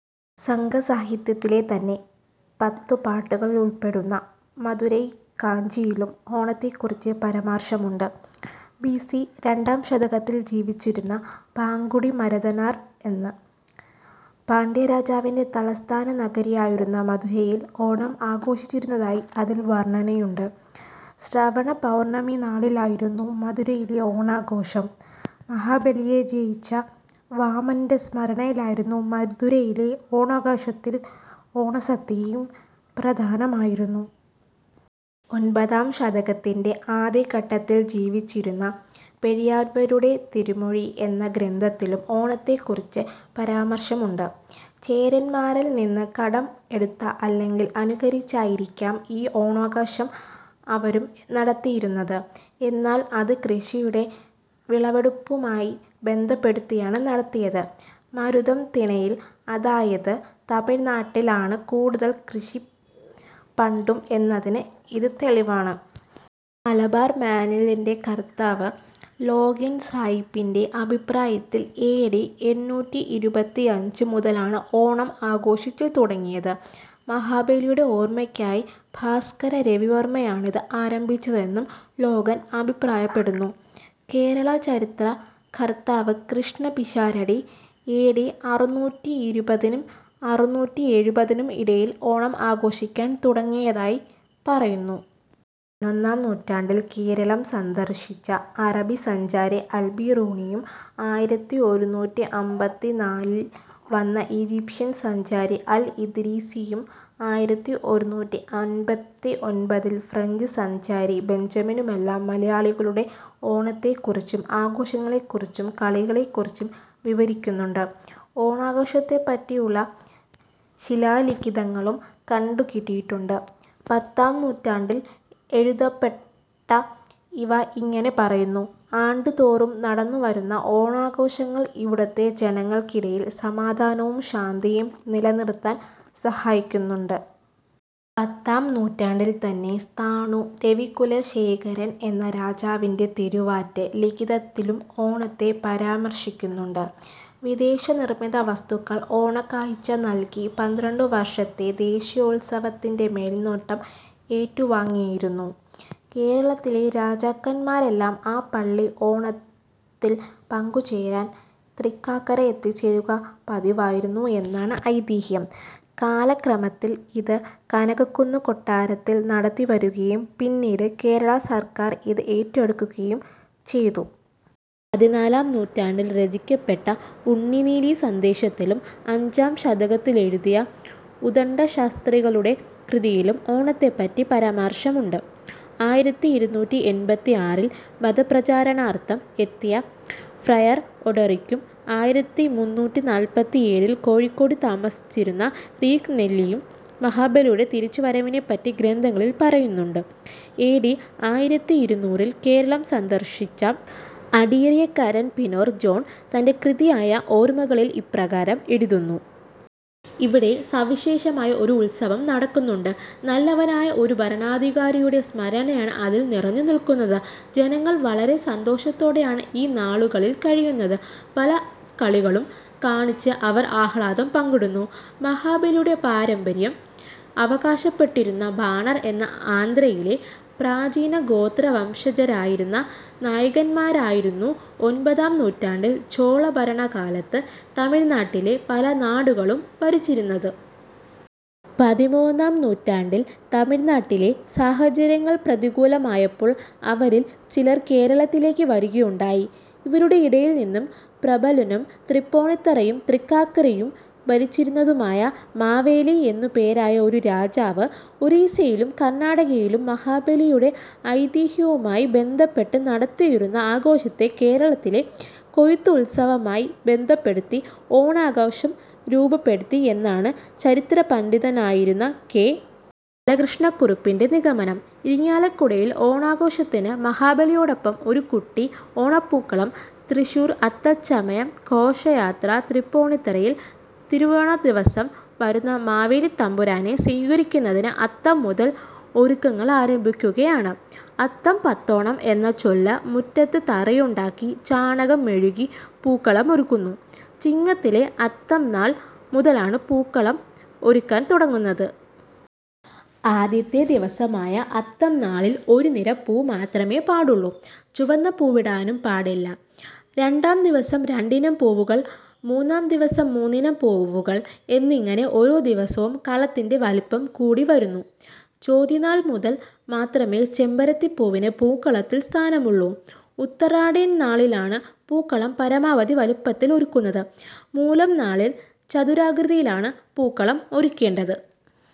സംഘസാഹിത്യത്തിലെതന്നെ പത്തുപാട്ടുകളിലുൾപ്പെടുന്ന 'മധുരൈ കാഞ്ചി'യിലും ഓണത്തെക്കുറിച്ച് പരാമർശമുണ്ട്. ബി. സി. രണ്ടാം ശതകത്തിൽ ജീവിച്ചിരുന്ന 'മാങ്കുടി മരുതനാർ' എന്ന പാണ്ഡ്യരാജാവിന്റെ തലസ്ഥാന നഗരിയായിരുന്ന മധുരയിൽ ഓണം ആഘോഷിച്ചിരുന്നതായി അതിൽ വർണ്ണനയുണ്ട്. ശ്രാവണ പൗർണ്ണമിനാളിലായിരുന്നു മധുരയിലെ ഓണാഘോഷം. മഹാബലിയെ ജയിച്ച വാമനന്റെ സ്മരണയിലായിരുന്ന മധുരയിലെ ഓണാഘോഷത്തിൽ 'ഓണസദ്യയും' പ്രധാനമായിരുന്നു. ഒമ്പതാം ശതകത്തിന്റെ ആദ്യഘട്ടത്തിൽ ജീവിച്ചിരുന്ന പെരിയാഴ്വരുടെ 'തിരുമൊഴി' എന്ന ഗ്രന്ഥത്തിലും ഓണത്തെക്കുറിച്ച് പരാമർശമുണ്ട്. ചേരന്മാരിൽ നിന്ന് കടം എടുത്ത അല്ലെങ്കിൽ അനുകരിച്ചായിരിക്കാം ഈ ഓണാഘോഷം അവരും നടത്തിയിരുന്നത്. എന്നാൽ അത് കൃഷിയുടെ വിളവെടുപ്പുമായി ബന്ധപ്പെടുത്തിയാണ് നടത്തിയത്. മരുതം തിണയിൽ അതായത് തമിഴ്നാട്ടിൽ ആണ് കൂടുതൽ കൃഷി പണ്ടും എന്നതിന് ഇത് തെളിവാണ്. മലബാർ മാന്വലിന്റെ കർത്താവ് ലോഗൻ സായിപ്പിന്റെ അഭിപ്രായത്തിൽ എ. ഡി. എണ്ണൂറ്റിഇരുപത്തിയഞ്ച് മുതലാണ് ഓണം ആഘോഷിച്ചു തുടങ്ങിയത്. മഹാബലിയുടെ ഓർമ്മക്കായി ഭാസ്കര രവിവർമ്മയാണിത് ആരംഭിച്ചതെന്നും ലോഗൻ അഭിപ്രായപ്പെടുന്നു. കേരള ചരിത്ര കർത്താവ് കൃഷ്ണപിഷാരടി, എ. ഡി. അറുനൂറ്റിഇരുപതിനും അറുനൂറ്റിഎഴുപതിനും ഇടയിൽ ഓണം ആഘോഷിക്കാൻ തുടങ്ങിയതായി പറയുന്നു. പതിനൊന്നാം നൂറ്റാണ്ടിൽ കേരളം സന്ദർശിച്ച അറബിസഞ്ചാരി അൽബിറൂണിയും ആയിരത്തിഒരുനൂറ്റിഅമ്പത്തിനാലിൽ വന്ന ഈജിപ്ഷ്യൻ സഞ്ചാരി അൽ ഇദ്രീസിയും ആയിരത്തിഒരുനൂറ്റിഅമ്പത്തിഒമ്പതിൽ ഫ്രഞ്ച് സഞ്ചാരി ബഞ്ചമിനുമെല്ലാം മലയാളിയുടെ ഓണത്തെക്കുറിച്ചും ആഘോഷങ്ങളെക്കുറിച്ചും കളികളെക്കുറിച്ചും വിവരിക്കുന്നുണ്ട്. ഓണാഘോഷത്തെപ്പറ്റിയുള്ള ശിലാലിഖിതങ്ങളും കണ്ടുകിട്ടിയിട്ടുണ്ട്. പത്താം നൂറ്റാണ്ടിൽ എഴുതപ്പെട്ട ഇവ ഇങ്ങനെ പറയുന്നു. "ആണ്ടുതോറും നടന്നുവരുന്ന ഓണാഘോഷങ്ങൾ ഇവിടുത്തെ ജനങ്ങൾക്കിടയിൽ സമാധാനവും ശാന്തിയും നിലനിർത്താനും സഹായിക്കുന്നുണ്ട്". പത്താം നൂറ്റാണ്ടിൽത്തന്നെ സ്ഥാണു രവികുലശേഖരൻ എന്ന രാജാവിന്റെ തിരുവാറ്റ് ലിഖിതത്തിലും ഓണത്തെ പരാമർശിക്കുന്നുണ്ട്. വിദേശനിർമ്മിത വസ്തുക്കൾ ഓണക്കാഴ്ച നൽകി പന്ത്രണ്ടുവർഷത്തെ ദേശീയോത്സവത്തിന്റെ മേൽനോട്ടം ഏറ്റുവാങ്ങിയിരുന്നു. കേരളത്തിലെ രാജാക്കൻമാരെല്ലാം ആ പള്ളി ഓണത്തിൽ പങ്കുചേരാൻ തൃക്കാക്കര എത്തിച്ചേരുക പതിവായിരുന്നു എന്നാണ് ഐതിഹ്യം. കാലക്രമത്തിൽ ഇത് കനകക്കുന്ന് കൊട്ടാരത്തിൽ നടത്തിവരുകയും പിന്നീട് കേരളസർക്കാർ ഇത് ഏറ്റെടുക്കുകയും ചെയ്തു. പതിനാലാം നൂറ്റാണ്ടിൽ രചിക്കപ്പെട്ട 'ഉണ്ണിനീലിസന്ദേശ'ത്തിലും അഞ്ചാം ശതകത്തിലെഴുതിയ ഉദണ്ഡശാസ്ത്രികളുടെ കൃതിയിലും ഓണത്തെപ്പറ്റി പരാമർശമുണ്ട്. ആയിരത്തിഇരുനൂറ്റിഎൺപത്തിആറിൽ മതപ്രചാരണാർത്ഥം എത്തിയ ഫ്രയർ ഒഡോറിക്കും ആയിരത്തിമുന്നൂറ്റിനാല്പത്തിയേഴിൽ കോഴിക്കോട് താമസിച്ചിരുന്ന റീഗ് നെല്ലിയും മഹാബലിയുടെ തിരിച്ചുവരവിനെപ്പറ്റി ഗ്രന്ഥങ്ങളിൽ പറയുന്നുണ്ട്. എ. ഡി. ആയിരത്തിഇരുനൂറിൽ കേരളം സന്ദർശിച്ച അഡീറിയക്കാരൻ 'പിനോർ ജോൺ' തന്റെ കൃതിയായ 'ഓർമ്മകളിൽ' ഇപ്രകാരം എഴുതുന്നു. "ഇവിടെ സവിശേഷമായ ഒരു ഉത്സവം നടക്കുന്നുണ്ട്. നല്ലവനായ ഒരു ഭരണാധികാരിയുടെ സ്മരണയാണ് അതിൽ നിറഞ്ഞു നിൽക്കുന്നത്. ജനങ്ങൾ വളരെ സന്തോഷത്തോടെയാണ് ഈ നാളുകളിൽ കഴിയുന്നത്. പല കളികളും കാണിച്ച് അവർ ആഹ്ലാദം പങ്കിടുന്നു. " മഹാബലിയുടെ പാരമ്പര്യം അവകാശപ്പെട്ടിരുന്ന ബാണർ എന്ന ആന്ധ്രയിലെ പ്രാചീനഗോത്രവംശജരായിരുന്ന നായകന്മാരായിരുന്നു ഒമ്പതാം നൂറ്റാണ്ടിൽ ചോളഭരണ കാലത്ത് തമിഴ്നാട്ടിലെ പല നാടുകളും ഭരിച്ചിരുന്നത്. പതിമൂന്നാം നൂറ്റാണ്ടിൽ തമിഴ്നാട്ടിലെ സാഹചര്യങ്ങൾ പ്രതികൂലമായപ്പോൾ അവരിൽ ചിലർ കേരളത്തിലേക്ക് വരികയുണ്ടായി. ഇവരുടെ ഇടയിൽനിന്ന് പ്രബലനും തൃപ്പൂണിത്തറയും, തൃക്കാക്കരയും ഭരിച്ചിരുന്നതുമായ 'മാവേലി' എന്നു പേരായ ഒരു രാജാവ്, ഒറീസയിലും, കർണാടകയിലും മഹാബലിയുടെ ഐതിഹ്യവുമായി ബന്ധപ്പെട്ട് നടത്തിയിരുന്ന ആഘോഷത്തെ കേരളത്തിലെ കൊയ്ത്തുത്സവവുമായി ബന്ധപ്പെടുത്തി ഓണാഘോഷം രൂപപ്പെടുത്തി. എന്നാണ് ചരിത്രപണ്ഡിതനായിരുന്ന കെ. ബാലകൃഷ്ണ കുറുപ്പിന്റെ നിഗമനം. ഇരിങ്ങാലക്കുടയിൽ ഓണാഘോഷത്തിന് മഹാബലിയോടൊപ്പം ഒരു കുട്ടി ഓണപൂക്കളം തൃശൂർ അത്തച്ചമയം ഘോഷയാത്ര തൃപ്പൂണിത്തുറയിൽ 'തിരുവോണദിവസം വരുന്ന മാവേലിത്തമ്പുരാനെ സ്വീകരിക്കുന്നതിന് അത്തം മുതൽ ഒരുക്കങ്ങളാരംഭിക്കുകയാണ്. 'അത്തം പത്തോണം' എന്ന് ചൊല്ല്. മുറ്റത്ത് തറയുണ്ടാക്കി ചാണകം മെഴുകി പൂക്കളമൊരുക്കുന്നു. ചിങ്ങത്തിലെ അത്തംനാൾ മുതലാണ് പൂക്കളം ഒരുക്കാൻ തുടങ്ങുന്നത്. ആദ്യത്തെ ദിവസമായ അത്തംനാളിൽ ഒരു നിര പൂ മാത്രമേ പാടുള്ളൂ. ചുവന്ന പൂവിടാനും പാടില്ല. രണ്ടാം ദിവസം രണ്ടിനം പൂവുകൾ മൂന്നാം ദിവസം മൂന്നിനം പൂവുകൾ എന്നിങ്ങനെ ഓരോ ദിവസവും കളത്തിന്റെ വലിപ്പം കൂടി വരുന്നു. ചോതിനാൾ മുതൽ മാത്രമേ ചെമ്പരത്തിപ്പൂവിന് പൂക്കളത്തിൽ സ്ഥാനമുള്ളൂ. ഉത്രാടത്തിൻനാളിലാണ് പൂക്കളം പരമാവധി വലിപ്പത്തിൽ ഒരുക്കുന്നത്. മൂലം നാളിൽ ചതുരാകൃതിയിലാണ് പൂക്കളം ഒരുക്കേണ്ടത്.